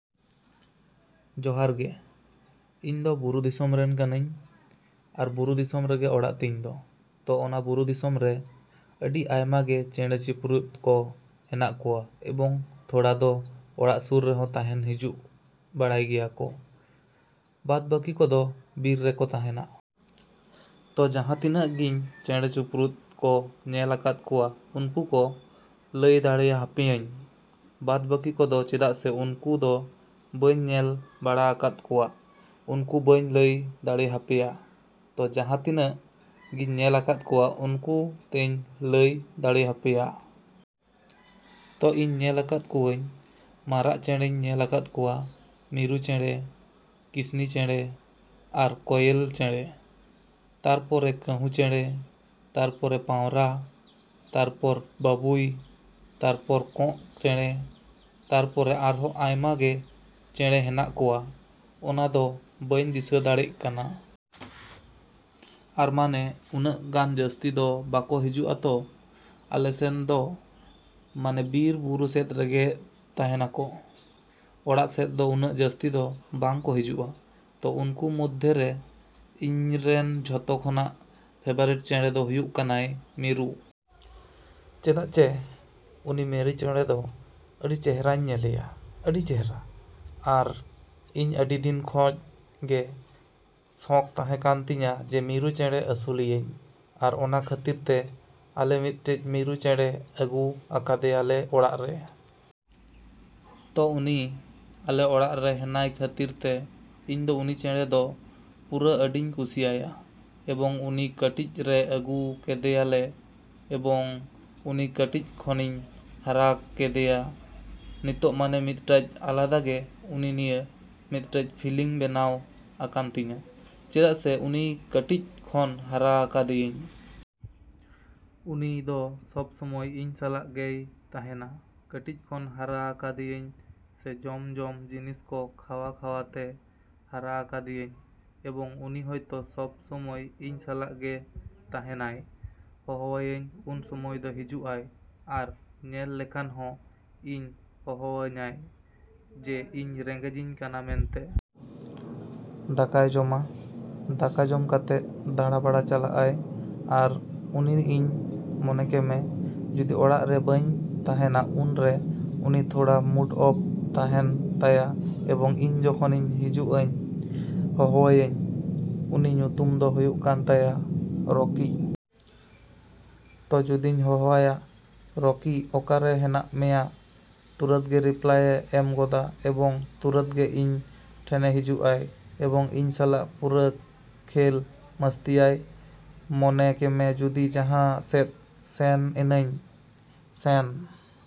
ᱡᱚᱦᱟᱨ ᱜᱮ, ᱤᱧᱫᱚ ᱵᱩᱨᱩ ᱫᱤᱥᱚᱢ ᱨᱮᱱ ᱠᱟᱹᱱᱟᱹᱧ ᱟᱨ ᱵᱩᱨᱩ ᱫᱤᱥᱚᱢ ᱨᱮᱜᱮ ᱚᱲᱟᱜ ᱛᱤᱧ ᱫᱚ᱾ ᱛᱚ ᱚᱱᱟ ᱵᱩᱨᱩ ᱫᱤᱥᱚᱢ ᱨᱮ ᱟᱹᱰᱤ ᱟᱭᱢᱟ ᱜᱮ ᱪᱮᱸᱬᱮ ᱪᱤᱯᱨᱩᱫ ᱠᱚ ᱦᱮᱱᱟᱜ ᱠᱚᱣᱟ ᱮᱵᱚᱝ ᱛᱷᱚᱲᱟ ᱫᱚ ᱚᱲᱟᱜ ᱥᱩᱨ ᱨᱮᱦᱚᱸ ᱛᱟᱦᱮᱱ ᱦᱤᱡᱩᱜ ᱵᱟᱲᱟᱜ ᱜᱮᱭᱟ ᱠᱚ, ᱵᱟᱫ ᱵᱟᱠᱤ ᱠᱚᱫᱚ ᱵᱤᱨ ᱨᱮ ᱠᱚ ᱛᱟᱦᱮᱱᱟ ᱾ ᱛᱚ ᱡᱟᱦᱟᱸ ᱛᱤᱱᱟᱹᱜ ᱜᱤᱧ ᱪᱮᱸᱬᱮ ᱪᱤᱯᱨᱩᱫ ᱠᱚ ᱧᱮᱞ ᱟᱠᱟᱫ ᱠᱚᱣᱟ ᱩᱱᱠᱩ ᱠᱚ ᱞᱟᱹᱭ ᱫᱟᱲᱮ ᱦᱟᱯᱮᱭᱟᱹᱧ, ᱵᱟᱫ ᱵᱟᱠᱤ ᱠᱚᱫᱚ ᱪᱮᱫᱟᱜ ᱥᱮ ᱩᱱᱠᱩ ᱫᱚ ᱵᱟᱹᱧ ᱧᱮᱞ ᱵᱟᱲᱟ ᱟᱠᱟᱫ ᱠᱚᱣᱟ, ᱩᱱᱠᱩ ᱵᱟᱹᱧ ᱞᱟᱹᱭ ᱫᱟᱲᱮ ᱦᱟᱯᱮᱭᱟ᱾ ᱛᱚ ᱡᱟᱦᱟᱸ ᱛᱤᱱᱟᱹᱜ ᱜᱤᱧ ᱧᱮᱞ ᱟᱠᱟᱫ ᱠᱚᱣᱟ ᱩᱱᱠᱩ ᱛᱮᱧ ᱞᱟᱹᱭ ᱫᱟᱲᱮ ᱦᱟᱯᱮᱭᱟ᱾ ᱛᱚ ᱤᱧ ᱧᱮᱞ ᱟᱠᱟᱫ ᱠᱚᱣᱟᱹᱧ ᱢᱟᱨᱟᱜ ᱪᱮᱸᱬᱮᱧ ᱧᱮᱞ ᱟᱠᱟᱫ ᱠᱚᱣᱟ, ᱢᱤᱨᱩ ᱪᱮᱸᱬᱮ, ᱠᱤᱥᱱᱤ ᱪᱮᱸᱬᱮ ᱟᱨ ᱠᱚᱭᱮᱞ ᱪᱮᱸᱬᱮ, ᱛᱟᱯᱚᱨᱮ ᱠᱟᱹᱦᱩ ᱪᱮᱸᱬᱮ, ᱛᱟᱨᱯᱚᱨᱮ ᱯᱟᱣᱨᱟ, ᱛᱟᱯᱚᱨ ᱵᱟᱹᱵᱩᱭ, ᱛᱟᱯᱚᱨᱮ ᱠᱚᱸᱜ ᱪᱮᱸᱬᱮ, ᱛᱟᱨᱯᱚᱨᱮ ᱟᱨᱦᱚᱸ ᱟᱭᱢᱟ ᱜᱮ ᱪᱮᱸᱬᱮ ᱦᱮᱱᱟᱜ ᱠᱚᱣᱟ ᱚᱱᱟ ᱫᱚ ᱵᱟᱹᱧ ᱫᱤᱥᱟᱹ ᱫᱟᱲᱮᱜ ᱠᱟᱱᱟ᱾ ᱟᱨ ᱢᱟᱱᱮ ᱩᱱᱟᱹᱜ ᱜᱟᱱ ᱡᱟᱹᱥᱛᱤ ᱫᱚ ᱵᱟᱠᱚ ᱦᱤᱡᱩᱜᱼᱟ ᱛᱚ ᱟᱞᱮ ᱥᱮᱱ ᱫᱚ ᱢᱟᱱᱮ ᱵᱤᱨ ᱵᱩᱨᱩ ᱥᱮᱫ ᱨᱮᱜᱮ ᱛᱟᱦᱮᱱᱟ ᱠᱚ, ᱚᱲᱟᱜ ᱥᱮᱫ ᱫᱚ ᱩᱱᱟᱹᱜ ᱡᱟᱹᱥᱛᱤ ᱫᱚ ᱵᱟᱝ ᱠᱚ ᱦᱤᱡᱩᱜᱼᱟ᱾ ᱛᱚ ᱩᱱᱠᱩ ᱢᱚᱫᱷᱮ ᱨᱮ ᱤᱧ ᱨᱮᱱ ᱡᱚᱛᱚ ᱠᱷᱚᱱᱟᱜ ᱯᱷᱮᱵᱟᱨᱮᱴ ᱪᱮᱬᱮ ᱫᱚ ᱦᱩᱭᱩᱜ ᱠᱟᱱᱟᱭ ᱢᱤᱨᱩ᱾ ᱪᱮᱫᱟᱜ ᱪᱮ ᱩᱱᱤ ᱢᱤᱨᱩ ᱪᱮᱬᱮ ᱫᱚ ᱟᱹᱰᱤ ᱪᱮᱦᱨᱟᱹᱧ ᱧᱮᱞᱮᱭᱟ, ᱟᱹᱰᱤ ᱪᱮᱦᱨᱟ᱾ ᱟᱨ ᱤᱧ ᱟᱹᱰᱤ ᱫᱤᱱ ᱠᱷᱚᱡ ᱜᱮ ᱥᱚᱠᱷ ᱛᱟᱦᱮᱸ ᱠᱟᱱ ᱛᱤᱧᱟ ᱡᱮ ᱢᱤᱨᱩ ᱪᱮᱸᱬᱮ ᱟᱹᱥᱩᱞᱮᱭᱟᱹᱧ ᱟᱨ ᱚᱱᱟ ᱠᱷᱟᱹᱛᱤᱨ ᱛᱮ ᱟᱞᱮ ᱢᱤᱫᱴᱟᱹᱡ ᱢᱤᱨᱩ ᱪᱮᱸᱬᱮ ᱟᱹᱜᱩ ᱟᱠᱟᱫᱮᱭᱟ ᱞᱮ ᱚᱲᱟᱜ ᱨᱮ᱾ ᱛᱚ ᱩᱱᱤ ᱟᱞᱮ ᱚᱲᱟᱜ ᱨᱮ ᱦᱮᱱᱟᱭ ᱠᱷᱟᱹᱛᱤᱨ ᱛᱮ ᱤᱧ ᱫᱚ ᱩᱱᱤ ᱪᱮᱸᱬᱮ ᱫᱚ ᱯᱩᱨᱟᱹ ᱟᱹᱰᱤᱧ ᱠᱩᱥᱤᱭᱟᱭᱟ᱾ ᱮᱵᱚᱝ ᱩᱱᱤ ᱠᱟᱹᱴᱤᱡ ᱨᱮ ᱟᱹᱜᱩ ᱠᱮᱫᱮᱭᱟ ᱞᱮ ᱮᱵᱚᱝ ᱩᱱᱤ ᱠᱟᱹᱴᱤᱡ ᱠᱷᱚᱱᱤᱧ ᱦᱟᱨᱟ ᱠᱮᱫᱮᱭᱟ᱾ ᱱᱚᱛᱚᱜ ᱢᱟᱱᱮ ᱢᱤᱫᱴᱟᱹᱡ ᱟᱞᱟᱫᱟ ᱜᱮ ᱩᱱᱤ ᱱᱤᱭᱟᱹ ᱢᱤᱫᱴᱟᱹᱡ ᱯᱷᱤᱞᱤᱝ ᱵᱮᱱᱟᱣ ᱟᱠᱟᱱ ᱛᱤᱧᱟ ᱪᱮᱫᱟᱜ ᱥᱮ ᱩᱱᱤ ᱠᱟᱹᱴᱤᱡ ᱠᱷᱚᱱ ᱦᱟᱨᱟ ᱟᱠᱟᱫᱮᱭᱟᱹᱧ᱾ ᱩᱱᱤ ᱫᱚ ᱥᱚᱵ ᱥᱚᱢᱚᱭ ᱤᱧ ᱥᱟᱞᱟᱜ ᱜᱮᱭ ᱛᱟᱦᱮᱱᱟ᱾ ᱠᱟᱹᱴᱤᱡ ᱠᱷᱚᱱ ᱦᱟᱨᱟ ᱟᱠᱟᱫᱮᱭᱟᱹᱧ ᱥᱮ ᱡᱚᱢ ᱡᱚᱢ ᱡᱤᱱᱤᱥ ᱠᱚ ᱠᱷᱟᱣᱟ ᱠᱷᱟᱣᱟ ᱛᱮ ᱦᱟᱨᱟ ᱟᱠᱟᱫᱮᱭᱟᱹᱧ ᱮᱵᱚᱝ ᱩᱱᱤ ᱦᱚᱭᱛᱚ ᱥᱚᱵ ᱥᱚᱢᱚᱭ ᱤᱧ ᱥᱟᱞᱟᱜ ᱜᱮ ᱛᱟᱦᱮᱱᱟᱭ᱾ ᱦᱚᱦᱚᱣᱟᱣᱟᱹᱧ ᱩᱱ ᱫᱚ ᱦᱤᱡᱩᱜᱼᱟᱭ ᱟᱨ ᱧᱮᱞ ᱞᱮᱠᱷᱟᱱ ᱦᱚᱸ ᱤᱧ ᱦᱚᱦᱚᱣᱟᱹᱧᱟᱭ ᱡᱮ ᱤᱧ ᱨᱮᱸᱜᱮᱡᱽᱤᱧ ᱠᱟᱱᱟ ᱢᱮᱱᱛᱮ᱾ ᱫᱟᱠᱟᱭ ᱡᱚᱢᱟ, ᱫᱟᱠᱟ ᱡᱚᱢ ᱠᱟᱛᱮ ᱫᱟᱬᱟ ᱵᱟᱲᱟ ᱪᱟᱞᱟᱜᱼᱟᱭ᱾ ᱟᱨ ᱩᱱᱤ ᱤᱧ ᱢᱚᱱᱮ ᱠᱟᱢᱮ ᱡᱩᱫᱤ ᱚᱲᱟᱜ ᱨᱮ ᱵᱟᱹᱧ ᱛᱟᱦᱮᱱᱟ ᱩᱱ ᱨᱮ ᱩᱱᱤ ᱛᱷᱚᱲᱟ ᱢᱩᱰ ᱚᱯᱷ ᱛᱟᱦᱮᱱ ᱛᱟᱭᱟ ᱮᱵᱚᱝ ᱤᱧ ᱡᱚᱠᱷᱚᱱᱤᱧ ᱦᱤᱡᱩᱜᱼᱟᱹᱧ ᱦᱚᱦᱚᱣᱟᱭᱟᱹᱧ᱾ ᱩᱱᱤ ᱧᱩᱛᱩᱢ ᱫᱚ ᱦᱩᱭᱩᱜ ᱠᱟᱱ ᱛᱟᱭᱟ ᱨᱚᱠᱤ᱾ ᱛᱚ ᱡᱩᱫᱤᱧ ᱦᱚᱦᱚᱣᱟᱭᱟ ᱨᱚᱠᱤ ᱚᱠᱟ ᱨᱮ ᱦᱮᱱᱟᱜ ᱢᱮᱭᱟ ᱛᱩᱨᱟᱹᱛ ᱜᱮ ᱨᱤᱯᱞᱟᱭᱮ ᱮᱢ ᱜᱚᱫᱟ ᱮᱵᱚᱝ ᱛᱩᱨᱟᱹᱛ ᱜᱮ ᱤᱧ ᱴᱷᱮᱱᱮ ᱦᱤᱡᱩᱜᱼᱟᱭ ᱮᱵᱚᱝ ᱤᱧ ᱥᱟᱞᱟᱜ ᱯᱩᱨᱟᱹ ᱠᱷᱮᱞ ᱢᱟᱹᱥᱛᱤᱭᱟᱭ᱾ ᱢᱚᱱᱮ ᱠᱟᱢᱮ ᱡᱩᱫᱤ ᱡᱟᱦᱟᱸ ᱥᱮᱫ ᱥᱮᱱ ᱮᱱᱟᱹᱧ, ᱥᱮᱱ